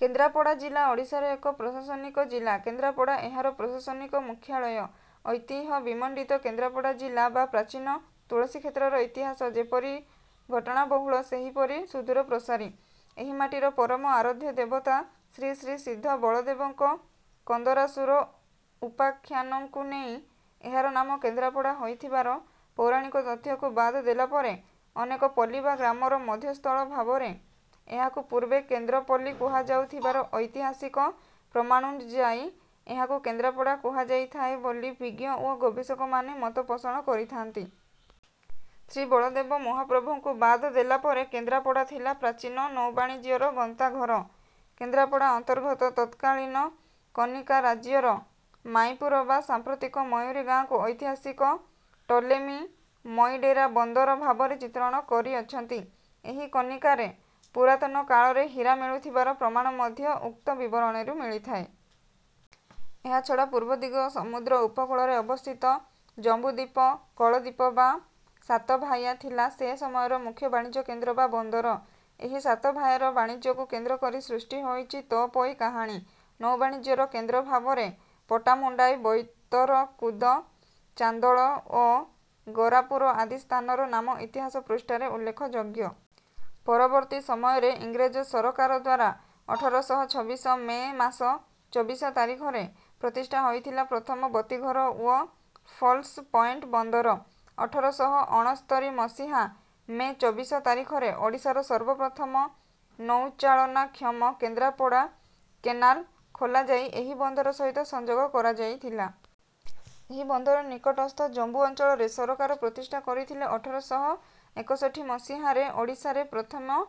କେନ୍ଦ୍ରାପଡ଼ା ଜିଲ୍ଲା ଓଡ଼ିଶାର ଏକ ପ୍ରଶାସନିକ ଜିଲ୍ଲା। କେନ୍ଦ୍ରାପଡ଼ା ଏହାର ପ୍ରଶାସନିକ ମୁଖ୍ୟାଳୟ। ଐତିହ୍ୟ ବିମଣ୍ଡିତ କେନ୍ଦ୍ରାପଡ଼ା ଜିଲ୍ଲା ବା ପ୍ରାଚୀନ ତୁଳସୀକ୍ଷେତ୍ରର ଇତିହାସ ଯେପରି ଘଟଣାବହୁଳ ସେହିପରି ସୁଦୂରପ୍ରସାରୀ। ଏହି ମାଟିର ପରମ ଆରାଧ୍ୟ ଦେବତା ଶ୍ରୀ ଶ୍ରୀ ସିଦ୍ଧ ବଳଦେବଙ୍କ କନ୍ଦରାସୁର ଉପାଖ୍ୟାନଙ୍କୁ ନେଇ ଏହାର ନାମ କେନ୍ଦ୍ରାପଡ଼ା ହୋଇଥିବାର ପୌରାଣିକ ତଥ୍ୟକୁ ବାଦ ଦେଲାପରେ ଅନେକ ପଲ୍ଲୀ ବା ଗ୍ରାମର ମଧ୍ୟସ୍ଥଳ ଭାବରେ ଏହାକୁ ପୂର୍ବେ କେନ୍ଦ୍ରପଲ୍ଲୀ କୁହାଯାଉଥିବାର ଐତିହାସିକ ପ୍ରମାଣନୁଯାୟୀ ଏହାକୁ କେନ୍ଦ୍ରାପଡ଼ା କୁହାଯାଇଥାଏ ବୋଲି ବିଜ୍ଞ ଓ ଗବେଷକ ମାନେ ମତ ପୋଷଣ କରିଥାଆନ୍ତି। ଶ୍ରୀ ବଳଦେବ ମହାପ୍ରଭୁଙ୍କୁ ବାଦ ଦେଲାପରେ କେନ୍ଦ୍ରାପଡ଼ା ଥିଲା ପ୍ରାଚୀନ ନୌବାଣିଜ୍ୟର ଗନ୍ତାଘର। କେନ୍ଦ୍ରାପଡ଼ା ଅନ୍ତର୍ଗତ ତତ୍କାଳୀନ କନିକା ରାଜ୍ୟର ମାଈପୁର ବା ସାଂପ୍ରତିକ ମୟୁରୀ ଗାଁକୁ ଐତିହାସିକ ଟଲେମୀ ମୟୀଡ଼େରା ବନ୍ଦର ଭାବରେ ଚିତ୍ରଣ କରି ଅଛନ୍ତି। ଏହି କନିକାରେ ପୁରାତନକାଳରେ ହୀରା ମିଳୁଥିବାର ପ୍ରମାଣ ମଧ୍ୟ ଉକ୍ତ ବିବରଣୀରୁ ମିଳିଥାଏ। ଏହାଛଡା ପୂର୍ବଦିଗ ସମୁଦ୍ର ଉପକୂଳରେ ଅବସ୍ଥିତ ଜମ୍ବୁ ଦୀପ କଳଦୀପ ବା ସାତଭାୟା ଥିଲା ସେ ସମୟର ମୁଖ୍ୟ ବାଣିଜ୍ୟକେନ୍ଦ୍ର ବା ବନ୍ଦର। ଏହି ସାତଭାୟାର ବାଣିଜ୍ୟକୁ କେନ୍ଦ୍ର କରି ସୃଷ୍ଟି ହୋଇଛି ତଅପୋଇ କାହାଣୀ। ନୌବାଣିଜ୍ୟର କେନ୍ଦ୍ର ଭାବରେ ପଟ୍ଟାମୁଣ୍ଡାଇ ବୋଇତରକୁଦ ଚାନ୍ଦୋଳ ଓ ଗରାପୁର ଆଦି ସ୍ଥାନର ନାମ ଇତିହାସ ପୃଷ୍ଠାରେ ଉଲ୍ଲେଖଯୋଗ୍ୟ। ପରବର୍ତୀ ସମୟରେ ଇଂରେଜ ସରକାରଦ୍ୱାରା ଅଠର ଶହ ଛବିଶ ମେ ମାସ ଚବିଶ ତାରିଖରେ ପ୍ରତିଷ୍ଠା ହୋଇଥିଲା ପ୍ରଥମ ବତୀଘର ଓ ଫଲ୍ସ ପଏଣ୍ଟ ବନ୍ଦର। ଅଠର ଶହ ଅଣସ୍ତରି ମସିହା ମେ ଛବିଶ ତାରିଖରେ ଓଡ଼ିଶାର ସର୍ବପ୍ରଥମ ନୌଚାଳନାକ୍ଷମ କେନ୍ଦ୍ରାପଡ଼ା କେନାଲ ଖୋଲାଯାଇ ଏହି ବନ୍ଦର ସହିତ ସଂଯୋଗ କରଯାଇଥିଲା। ଏହି ବନ୍ଦର ନିକଟସ୍ଥ ଜମ୍ବୁ ଅଞ୍ଚଳରେ ସରକାର ପ୍ରତିଷ୍ଠା କରିଥିଲେ ଅଠର ଶହ ଏକଷଠି ମସିହାରେ ଓଡ଼ିଶାରେ ପ୍ରଥମ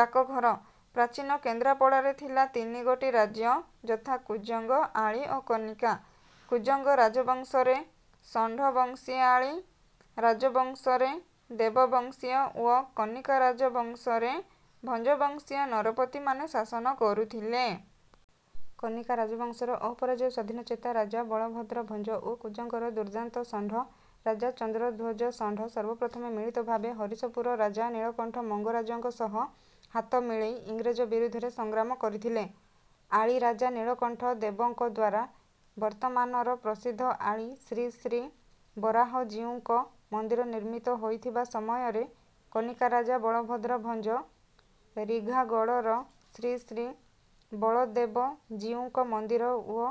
ଡାକଘର। ପ୍ରାଚୀନ କେନ୍ଦ୍ରପଡ଼ାରେ ଥିଲା ତିନିଗୋଟି ରାଜ୍ୟ ଯଥା କୁଜଙ୍ଗ ଆଳି ଓ କନିକା। କୁଜଙ୍ଗ ରାଜବଂଶରେ ଷଣ୍ଢବଂଶୀୟଆଳି ରାଜବଂଶରେ ଦେବବଂଶୀୟ ଓ କନିକା ରାଜବଂଶରେ ଭଞ୍ଜ ବଂଶୀୟ ନରପତିମାନେ ଶାସନ କରୁଥିଲେ। କନିକା ରାଜବଂଶର ଅପରାଜୟ ସ୍ୱାଧୀନଚେତା ରାଜା ବଳଭଦ୍ରଭଞ୍ଜ ଓ କୁଜଙ୍ଗର ଦୁର୍ଦାନ୍ତ ଷଣ୍ଢ ରାଜା ଚନ୍ଦ୍ରଧ୍ୱଜଷଣ୍ଢ ସର୍ବପ୍ରଥମେ ମିଳିତ ଭାବେ ହରିଶପୁର ରାଜା ନୀଳକଣ୍ଠ ମଙ୍ଗରାଜଙ୍କ ସହ ହାତ ମିଳେଇ ଇଂରେଜ ବିରୁଦ୍ଧରେ ସଂଗ୍ରାମ କରିଥିଲେ। ଆଳି ରାଜା ନୀଳକଣ୍ଠ ଦେବଙ୍କଦ୍ୱାରା ବର୍ତମାନର ପ୍ରସିଦ୍ଧ ଆଳି ଶ୍ରୀ ଶ୍ରୀ ବରାହଜିଉଙ୍କ ମନ୍ଦିର ନିର୍ମିତ ହୋଇଥିବା ସମୟରେ କନିକା ରାଜା ବଳଭଦ୍ରଭଞ୍ଜ ରିଘାଗଡର ଶ୍ରୀ ଶ୍ରୀ ବଳଦେବଜୀଉଙ୍କ ମନ୍ଦିର ଓ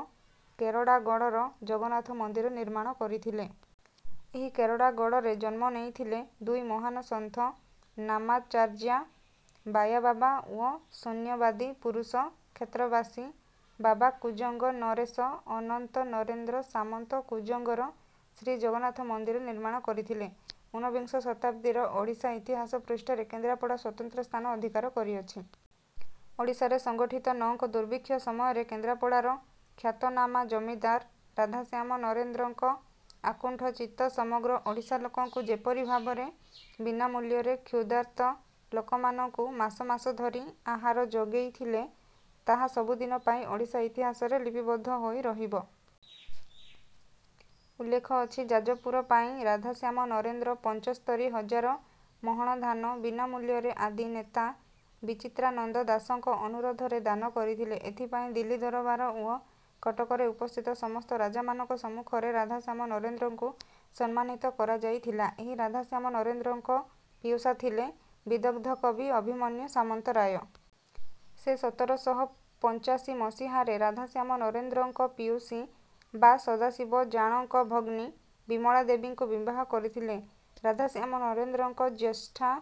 କେରଡାଗଡର ଜଗନ୍ନାଥ ମନ୍ଦିର ନିର୍ମାଣ କରିଥିଲେ। ଏହି କେରଡାଗଡରେ ଜନ୍ମ ନେଇଥିଲେ ଦୁଇ ମହାନ ସନ୍ଥ ନାମାଚାର୍ଯା ବାୟାବାବା ଓ ଶୂନ୍ୟବାଦୀ ପୁରୁଷ କ୍ଷେତ୍ରବାସୀ ବାବା କୁଜଙ୍ଗ ନରେଶ ଅନନ୍ତ ନରେନ୍ଦ୍ର ସାମନ୍ତ କୁଜଙ୍ଗର ଶ୍ରୀ ଜଗନ୍ନାଥ ମନ୍ଦିର ନିର୍ମାଣ କରିଥିଲେ। ଉନ୍ନବିଂଶ ଶତାବ୍ଦୀର ଓଡ଼ିଶା ଇତିହାସ ପୃଷ୍ଠାରେ କେନ୍ଦ୍ରାପଡ଼ା ସ୍ୱତନ୍ତ୍ର ସ୍ଥାନ ଅଧିକାର କରିଅଛି। ଓଡ଼ିଶାରେ ସଂଗଠିତ ନଅଙ୍କ ଦୁର୍ଭିକ୍ଷ ସମୟରେ କେନ୍ଦ୍ରାପଡ଼ାର ଖ୍ୟାତନାମା ଜମିଦାର ରାଧାଶ୍ୟାମ ନରେନ୍ଦ୍ରଙ୍କ ଅକୁଣ୍ଠ ଚିତ୍ତ ସମଗ୍ର ଓଡ଼ିଶା ଲୋକଙ୍କୁ ଯେପରି ଭାବରେ ବୀନା ମୂଲ୍ୟରେ କ୍ଷ୍ଯୁଦାର୍ତ ଲୋକମାନଙ୍କୁ ମାସ ମାସ ଧରି ଆହାର ଯୋଗେଇ ଥିଲେ ତାହା ସବୁଦିନ ପାଇଁ ଓଡ଼ିଶା ଇତିହାସରେ ଲିପିବଦ୍ଧ ହୋଇ ରହିବ। ଉଲ୍ଲେଖ ଅଛି ଯାଜପୁର ପାଇଁ ରାଧାଶ୍ୟାମ ନରେନ୍ଦ୍ର ପଞ୍ଚସ୍ତରୀ ହଜାର ମହଣ ଧାନ ବୀନା ମୂଲ୍ୟରେ ଆଦି ନେତା ବିଚିତ୍ରାନନ୍ଦ ଦାସଙ୍କ ଅନୁରୋଧରେ ଦାନ କରିଥିଲେ। ଏଥିପାଇଁ ଦିଲ୍ଲୀ ଦରବାର ଓ କଟକରେ ଉପସ୍ଥିତ ସମସ୍ତ ରାଜାମାନଙ୍କ ସମ୍ମୁଖରେ ରାଧାଶ୍ୟାମ ନରେନ୍ଦ୍ରଙ୍କୁ ସମ୍ମାନିତ କରଯାଇଥିଲା। ଏହି ରାଧାଶ୍ୟାମ ନରେନ୍ଦ୍ରଙ୍କ ପିଉସା ଥିଲେ ବିଦଗ୍ଧ କବି ଅଭିମନ୍ୟୁ ସାମନ୍ତରାୟ। ସେ ସତର ଶହ ପଞ୍ଚାଶି ମସିହାରେ ରାଧାଶ୍ୟାମ ନରେନ୍ଦ୍ରଙ୍କ ପିଉସୀ ବା ସଦାଶିବ ଜାଣ ଙ୍କ ଭଗ୍ନୀ ବିମଳା ଦେବୀଙ୍କୁ ବିବାହ କରିଥିଲେ। ରାଧାଶ୍ୟାମ ନରେନ୍ଦ୍ରଙ୍କ ଜ୍ୟଷ୍ଠା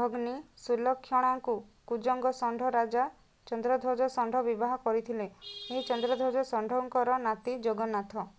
ଭଗ୍ନୀ ସୁଲକ୍ଷଣାଙ୍କୁ କୁଜଙ୍ଗ ଷଣ୍ଢ ରାଜା ଚନ୍ଦ୍ରଧ୍ୱଜ ଷଣ୍ଢ ବିବାହ କରିଥିଲେ। ଏହି ଚନ୍ଦ୍ରଧ୍ୱଜ ଷଣ୍ଢଙ୍କର ନାତି ଜଗନ୍ନାଥ